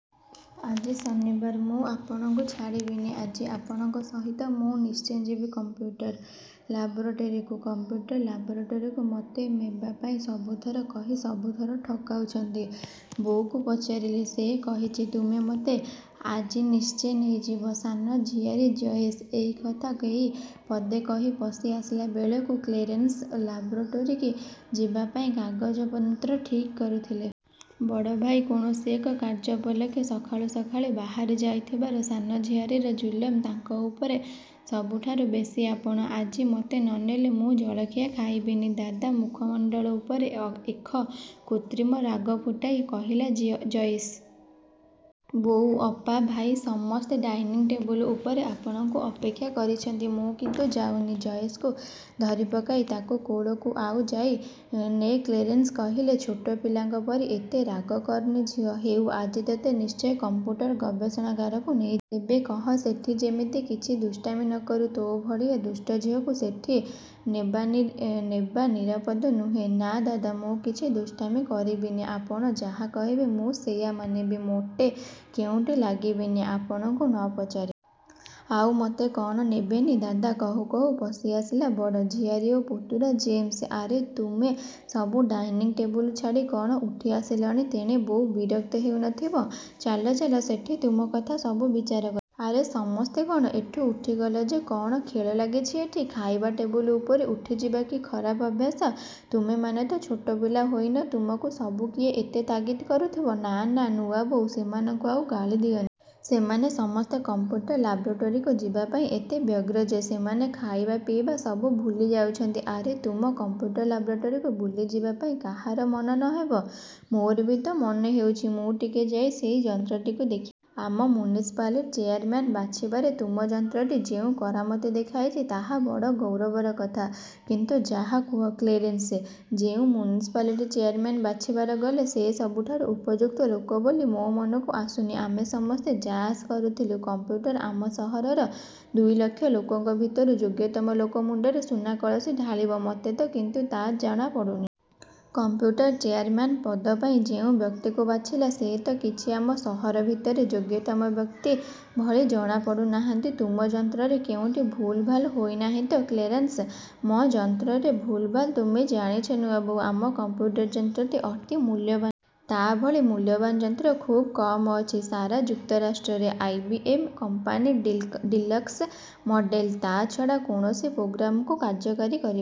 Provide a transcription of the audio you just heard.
ଆଜି ଶନିବାର, ମୁଁ ଆପଣଙ୍କୁ ଛାଡ଼ିବିନି ଆଜି। ଆପଣଙ୍କ ସହିତ ମୁଁ ନିଶ୍ଚେ ଯିବି କଂପ୍ୟୁଟର ଲାବୋରେଟରୀକୁ। କଂପ୍ୟୁଟର ଲାବୋରେଟରୀକୁ ମୋତେ ମେବା ପାଇଁ ସବୁ ଥର କହି ସବୁ ଥର ଠକାଉଛନ୍ତି। ବୋଉକୁ ପଚାରିଲି, ସେ କହିଛି, ତୁମେ ମୋତେ ଆଜିନିଶ୍ଚେ ନେଇଯିବ। ସାନ ଝିଆରୀ ଜୟିସ୍ ଏଇ କଥା କେଇ ପଦ କହି ପଶି ଆସିଲାବେଳେକୁ କ୍ଳେରେନସ୍ ଲାବୋରେଟରୀକୁ ଯିବାପାଇଁ କାଗଜପନ୍ତ୍ର ଠିକ୍ କରୁଥିଲେ। ବଡ଼ ଭାଇ କୌଣସି ଏକ କାର୍ଯ୍ୟୋପଲକ୍ଷେ ସକାଳୁ ସକାଳୁ ବାହାରି ଯାଇଥିବାରୁ ସାନ ଝିଆରୀର ଜୁଲମ ତାଙ୍କ ଉପରେ ସବୁଠାରୁ ବେଶୀ ଆପଣ ଆଜି ମୋତେ ନ ନେଲେ ମୁଁ ଜଳଖିଆ ଖାଇବିନି ଦାଦା ମୁଖମଣ୍ଡଳ ଉପରେ ଏଖ କୃତ୍ରିମ ରାଗ ଫୁଟାଇ କହିଲା ଜଏ ଜୟିସ୍। ବୋଉ, ଅପା, ଭାଇ, ସମସ୍ତେ ଡାଇନିଂ ଟେବୁଲ ଉପରେ ଆପଣଙ୍କୁ ଅପେକ୍ଷା କରିଛନ୍ତି, ମୁଁ କିନ୍ତୁ ଯାଉନି। ଜୟିସକୁ ଧରିପକାଇ ତାକୁ କୋଳକୁ ଆଉଯାଇ ନେ କ୍ଳେରେନସ୍ କହିଲେ, ଛୋଟ ପିଲାଙ୍କ ପରି ଏତେ ରାଗ କରନି ଝିଅ। ହେଉ, ଆଜି ତୋତେ ନିଶ୍ଚେ କଂପ୍ୟୁଟର ଗବେଷଣାଗାରକୁ ନେଇଯିବି। ତେବେ କହ, ସେଠି ଯେମିତି କିଛି ଦୁଷ୍ଟାମି ନ କରୁ। ତୋ ଭଳିଆ ଦୁଷ୍ଟ ଝିଅକୁ ସେଠିକି ନେବା ନେବାନିରାପଦ ନୁହେଁ। 'ନା, ଦାଦା, ମୁଁ କିଛି ଦୁଷ୍ଟାମି କରିବିନି। ଆପଣ ଯାହା କହିବେ, ମୁଁ ସେଇଆ ମାନିବି। ମୋ ଟେ କେଉଁଠି ଲାଗିବିନି, ଆପଣଙ୍କୁ ନ ପଚାରି। ଆଉ ମୋତେ କ'ଣ ନେବେନି, ଦାଦା' କହୁ କହୁ ପଶି ଆସିଲା ବଡ଼। ଝିଆରୀ ଓ ପୁତୁରା ଜେମସ୍। 'ଆରେ, ତୁମେ ସବୁ ଡାଇନିଂ ଟେବୁଲ ଛାଡ଼ି କ'ଣ ଉଠି ଆସିଲାଣି। ତେଣେ ବୋଉ ବିରକ୍ତ ହେଉ ନ ଥିବ? ଚାଲ ଚାଲ, ସେଠି ତୁମ କଥା ସବୁ ବିଚାର କରିବା। ଆରେ ସମସ୍ତେ କ'ଣ ଏଠୁ ଉଠିଗଲ ଯେ? କ'ଣ ଖେଳ ଲାଗିଛି ଏଠି? ଖାଇବା ଟେବୁଲ ଉପରୁ ଉଠିଯିବା କି ଖରାପ ଅଭ୍ୟାସ। ତୁମେମାନେ ତ ଛୋଟ ପିଲା ହୋଇନ। ତୁମକୁ ସବୁ କିଏ ଏତେ ତାଗିତ କରୁଥିବ। ନା, ନା, ନୂଆବୋଉ, ସେମାନଙ୍କୁ ଆଉ ଗାଳି ଦିଅନି। ସେମାନେ ସମସ୍ତେ କଂପ୍ୟୁଟର ଲାବୋରେଟରୀକୁ ଯିବା ପାଇଁ ଏତେ ବ୍ୟଗ୍ର ଯେ, ସେମାନେ ଖାଇବା ପାଇବା ସବୁ ଭୁଲି ଯାଉଛନ୍ତି-। ଆରେ, ତୁମ କଂପ୍ୟୁଟର ଲାବୋରେଟରୀକୁ ବୁଲିଯିବା ପାଇଁ କାହାର ମନ ନ ହେବ? ମୋର ବି ତ ମନ ହେଉଛି, ମୁଁ ଟିକିଏ ଯାଇ ସେଇ ଯନ୍ତ୍ରଟିକୁ ଦେଖି? ଆମ ମ୍ୟୁନିସିପାଲିଟି ଚେୟାରମ୍ୟାନ ବାଛିବାରେ ତୁମ ଯନ୍ତ୍ରଟି ଯେଉଁ କରାମିତ ଦେଖାଇଛି, ତାହା ବଡ଼ ଗୌରବର କଥା। କିନ୍ତୁ ଯା' କୁହ କ୍ଳେରେନ୍ସ, ଯେଉଁ ମ୍ୟୁନିସିପାଲିଟି ଚେୟାରମ୍ୟାନ ବାଛିବାରେ ଗଲେ, ସେ ସବୁଠାରୁ ଉପଯୁକ୍ତ ଲୋକ ବୋଲି ମୋ ମନକୁ ଆସୁନି। ଆମେ ସମସ୍ତେ ଯା' ଆଶା କରୁଥିଲୁ କଂପ୍ୟୁଟର ଆମ ସହରର ଦୁଇଲକ୍ଷ ଲୋକଙ୍କ ଭିତରୁ ଯୋଗ୍ୟତମ ଲୋକ ମୁଣ୍ଡରେ ସୁନା କଳସି ଢାଳିବ ମୋତେ ତ କିନ୍ତୁ ତା ଜଣା ପଡ଼ୁନି। କଂପ୍ୟୁଟର ଚେୟାରମ୍ୟାନ ପଦ ପାଇଁ ଯେଉଁ ବ୍ୟକ୍ତିକୁ ବାଛିଲା, ସେ ତ କିଛି ଆମ ସହର ଭିତରେ ଯୋଗ୍ୟତମ ବ୍ୟକ୍ତି ଭଳି ଜଣା ପଡ଼ୁନାହାନ୍ତି। ତୁମ ଯନ୍ତ୍ରରେ କେଉଁଠି ଭୁଲଭାଲ ହୋଇ ନାହିଁ ତ କ୍ଳେରେନସ୍ଆ ମ ଯନ୍ତ୍ରରେ ଭୁଲଭାଲ ତୁମେ ଜାଣିଛ ନୂଆବୋଉ, ଆମ କଂପ୍ୟୁଟର ଯନ୍ତ୍ରଟି ଅତି ମୂଲ୍ୟବାନ ଯନ୍ତ୍ର। ତା ଭଳି ମୂଲ୍ୟବାନ ଯନ୍ତ୍ର ଖୁବ୍ କମ ଅଛି ସାରା ଯୁକ୍ତରାଷ୍ଟ୍ରରେ। ଆଇ. ବି. ଏମ୍ କମ୍ପାନୀର ଡିଲକସ୍ ମଡେଲ। ତା'ଛଡ଼ା କୌଣସି ପ୍ରୋଗ୍ରାମକୁ କାର୍ଯ୍ୟକାରୀ କରିବା